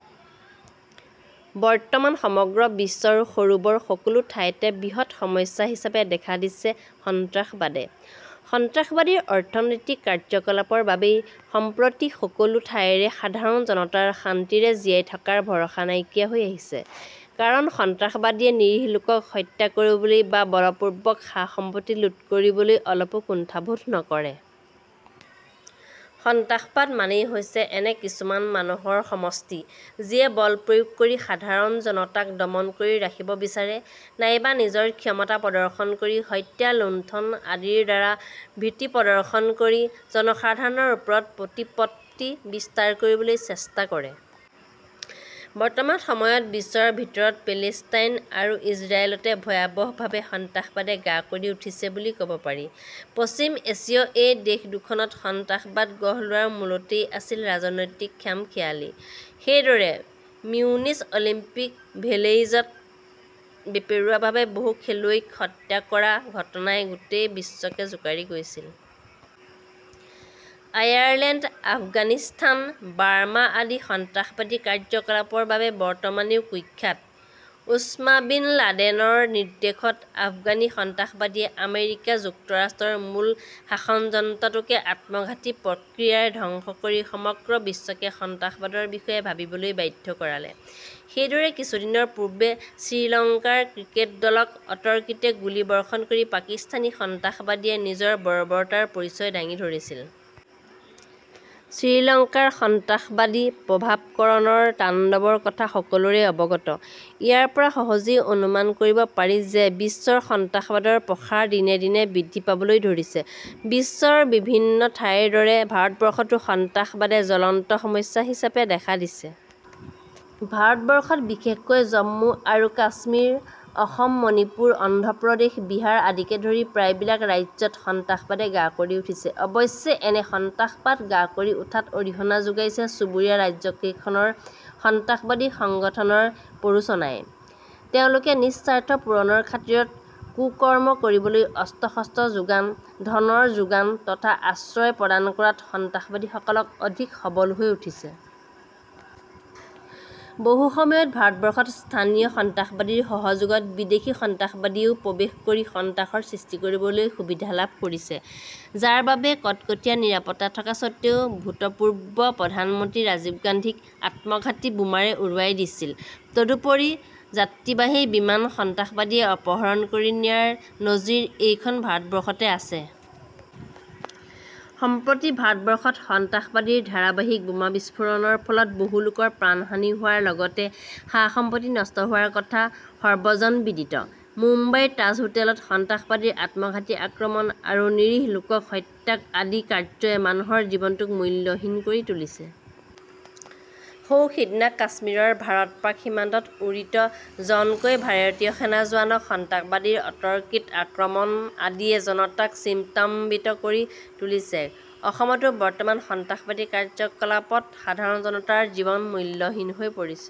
বৰ্তমান সমগ্ৰ বিশ্বৰ সৰু-বৰ সকলো ঠাইতে বৃহৎ সমস্যা হিচাপে দেখা দিছে সন্ত্ৰাসবাদে। সন্ত্ৰাসবাদীৰ অনৈতিক কাৰ্যকলাপৰ বাবেই সম্প্ৰতি সকলো ঠাইৰে সাধাৰণ জনতাৰ শান্তিৰে জীয়াই থকাৰ ভৰসা নাইকিয়া হৈ আহিছে। কাৰণ সন্ত্ৰাসবাদীয়ে নিৰীহ লোকক হত্যা কৰিবলৈ বা বলপূৰ্বক সা-সম্পত্তি লুট কৰিবলৈ অলপো কুণ্ঠাবোধ নকৰে। সন্ত্ৰাসবাদ মানেই হৈছে এনে কিছুমান মানুহৰ সমষ্টি; যিয়ে বলপ্ৰয়োগ কৰি সাধাৰণ জনতাক দমন কৰি ৰাখিব বিচাৰে নাইবা নিজৰ ক্ষমতা প্ৰদৰ্শন কৰি হত্যা, লুণ্ঠন আদিৰ দ্বাৰা ভীতি প্ৰদৰ্শন কৰি জনসাধাৰণৰ ওপৰত প্ৰতিপত্তি বিস্তাৰ কৰিবলৈ চেষ্টা কৰে। বৰ্তমান সময়ত বিশ্বৰ ভিতৰত পেলেষ্টাইন আৰু ইজৰাইলতে ভয়াৱহভাৱে সন্ত্ৰাসবাদে গা কৰি উঠিছে বুলি ক'ব পাৰি। পশ্চিম এছিয় এই দেশ দুখনত সন্ত্ৰাসবাদ গঢ় লোৱাৰ মূলতেই আছিল ৰাজনৈতিক খাম-খেয়ালি। সেইদৰে মিউনিচ অলিম্পিক ভেলেইজত বেপেৰুৱাভাৱে বহু খেলুৱৈক হত্যা কৰা ঘটনাই গোটেই বিশ্বকে জোকাৰি গৈছিল। আয়াৰলেণ্ড, আফগানিস্তান, বাৰ্মা আদি সন্ত্ৰাসবাদী কাৰ্যকলাপৰ বাবে বৰ্তমানেও কুখ্যাত। ওচমা বিন লাডেনৰ নিৰ্দেশত আফগানী সন্ত্ৰাসবাদীয়ে আমেৰিকা যুক্তৰাষ্ট্ৰৰ মূল শাসনযন্ত্ৰটোকে আত্মঘাতী প্ৰক্ৰিয়াৰে ধ্বংস কৰি সমগ্ৰ বিশ্বকে সন্ত্ৰাসবাদৰ বিষয়ে ভাবিবলৈ বাধ্য কৰালে। সেইদৰে কিছুদিনৰ পূৰ্বে শ্ৰীলংকাৰ ক্ৰিকেট দলক অতৰ্কিতে গুলী বৰ্ষণ কৰি পাকিস্তানী সন্ত্ৰাসবাদীয়ে নিজৰ বৰ্বৰতাৰ পৰিচয় দাঙি ধৰিছিল। শ্ৰীলংকাৰ সন্ত্ৰাসবাদী প্ৰভাকৰণৰ তাণ্ডৱৰ কথা সকলোৰে অৱগত। ইয়াৰ পৰা সহজেই অনুমান কৰিব পাৰি যে বিশ্বৰ সন্ত্ৰাসবাদৰ প্ৰসাৰ দিনে দিনে বৃদ্ধি পাবলৈ ধৰিছে। বিশ্বৰ বিভিন্ন ঠাইৰ দৰে ভাৰতবৰ্ষতো সন্ত্ৰাসবাদে জ্বলন্ত সমস্যা হিচাপে দেখা দিছে। ভাৰতবৰ্ষত, বিশেষকৈ জম্মু আৰু কাশ্মীৰ, অসম, মণিপুৰ, অন্ধ্ৰপ্ৰদেশ, বিহাৰ আদিকে ধৰি প্ৰায়বিলাক ৰাজ্যত সন্ত্ৰাসবাদে গা কৰি উঠিছে। অৱশ্যে এনে সন্ত্ৰাসবাদ গা কৰি উঠাত অৰিহণা যোগাইছে চুবুৰীয়া ৰাজ্যকেইখনৰ সন্ত্ৰাসবাদী সংগঠনৰ প্ৰৰোচনাই। তেওঁলোকে নিজ স্বাৰ্থ পূৰণৰ খাতিৰত কুকৰ্ম কৰিবলৈ অস্ত্ৰ-শস্ত্ৰ যোগান, ধনৰ যোগান তথা আশ্ৰয় প্ৰদান কৰাত সন্ত্ৰাসবাদীসকলক অধিক সবল হৈ উঠিছে। বহুসময়ত ভাৰতবৰ্ষত স্থানীয় সন্ত্ৰাসবাদীৰ সহযোগত বিদেশী সন্ত্ৰাসবাদীয়েও প্ৰৱেশ কৰি সন্ত্ৰাসৰ সৃষ্টি কৰিবলৈ সুবিধা লাভ কৰিছে; যাৰ বাবে কটকটীয়া নিৰাপত্তা থকা সত্ত্বেও ভূতপূৰ্ব প্ৰধানমন্ত্ৰী ৰাজীৱ গান্ধীক আত্মঘাতী বোমাৰে উৰুৱাই দিছিল। তদুপৰি যাত্ৰীবাহী বিমান সন্ত্ৰাসবাদীয়ে অপহৰণ কৰি নিয়াৰ নজিৰ এইখন ভাৰতবৰ্ষতে আছে। সম্প্ৰতি ভাৰতবৰ্ষত সন্ত্ৰাসবাদীৰ ধাৰাবাহিক বোমা বিস্ফোৰণৰ ফলত বহুলোকৰ প্ৰাণহানি হোৱাৰ লগতে সা-সম্পত্তি নষ্ট হোৱাৰ কথা সৰ্বজনবিদিত। মুম্বাইৰ তাজ হোটেলত সন্ত্ৰাসবাদীৰ আত্মঘাতী আক্ৰমণ আৰু নিৰীহ লোকক হত্যা আদি কাৰ্যই মানুহৰ জীৱনটোক মূল্যহীন কৰি তুলিছে। সৌ সিদিনা কাশ্মীৰৰ ভাৰত প্ৰাক সীমান্তত উৰিত জনকৈ ভাৰতীয় সেনা জোৱানক সন্ত্ৰাসবাদীৰ অতৰ্কিত আক্ৰমণ আদিয়ে জনতাক চিন্তান্বিত কৰি তুলিছে। অসমতো বৰ্তমান সন্ত্ৰাসবাদী কাৰ্যকলাপত সাধাৰণ জনতাৰ জীৱন মূল্যহীন হৈ পৰিছে।